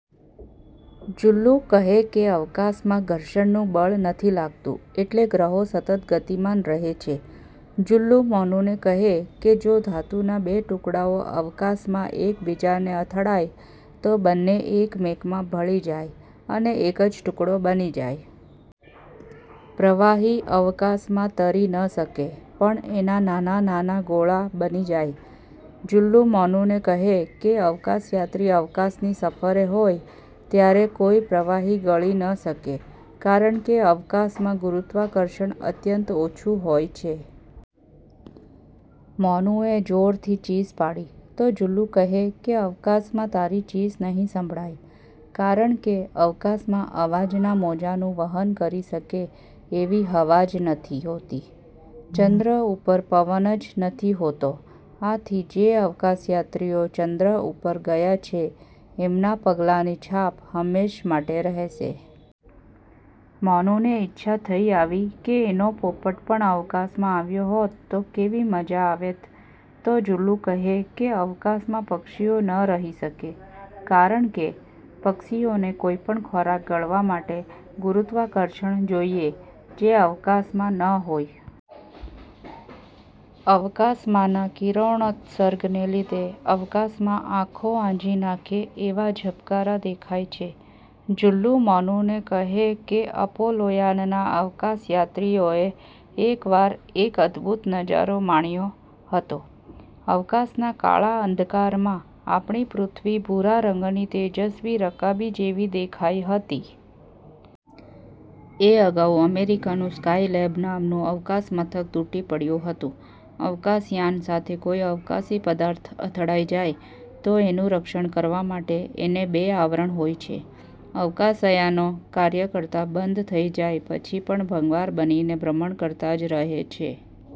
જુલ્લુ કહે કે અવકાશમાં ઘર્ષણનું બળ નથી લાગતું એટલે ગ્રહો સતત ગતિમાન રહે છે. જુલ્લુ મોનુને કહે કે જો ધાતુના બે ટુકડાઓ અવકાશમાં એક બીજાને અથડાય તો બંને એકમેકમાં ભળી જાય અને એક જ ટુકડો બની જાય. પ્રવાહી અવકાશમાં તરી ન શકે પણ એના નાના નાના ગોળા બની જાય. જુલ્લુ મોનુને કહે કે અવકાશયાત્રી અવકાશની સફરે હોય ત્યારે કોઈ પ્રવાહી ગળી ન શકે કારણકે અવકાશમાં ગુરુત્વાકર્ષણ અત્યંત ઓછું હોય છે. મોનુએ જોરથી ચીસ પાડી તો જુલ્લુ કહે કે અવકાશમાં તારી ચીસ નહીં સંભળાય કારણકે અવકાશમાં અવાજના મોજાંનું વહન કરી શકે એવી હવા જ નથી હોતી. ચન્દ્ર ઉપર પવન જ નથી હોતો આથી જે અવકાશયાત્રીઓ ચંદ્ર ઉપર ગયા છે એમના પગલાંની છાપ હંમેશ માટે રહેશે. મોનુને ઈચ્છા થઇ આવી કે એનો પોપટ પણ અવકાશમાં આવ્યો હોત તો કેવી મજા આવેત? તો જુલ્લુ કહે કે અવકાશમાં પક્ષીઓ ન રહી શકે કારણકે પક્ષીઓને કોઈ પણ ખોરાક ગળવા માટે ગુરુત્વાકર્ષણ જોઈએ જે અવકાશમાં ન હોય. અવકાશમાંના કિરણોત્સર્ગને લીધે અવકાશમાં આંખો આંજી નાંખે એવા ઝબકારા દેખાય છે. જુલ્લુ મોનુને કહે કે અપોલોયાનના અવકાશયાત્રીઓએ એકવાર એક અદભુત નજારો માણ્યો હતો. અવકાશના કાળા અંધકારમાં આપણી પૃથ્વી ભૂરા રંગની તેજસ્વી રકાબી જેવી દેખાઈ હતી! એ અગાઉ અમેરિકાનું સ્કાયલેબ નામનું અવકાશમથક તૂટી પડ્યું હતું. અવકાશયાન સાથે કોઈ અવકાશી પદાર્થ અથડાઈ જાય તો એનું રક્ષણ કરવા માટે એને બે આવરણ હોય છે. અવકાશયાનો કાર્ય કરતાં બંધ થઇ જાય પછી પણ ભંગાર બનીને ભ્રમણ કરતાં જ રહે છે.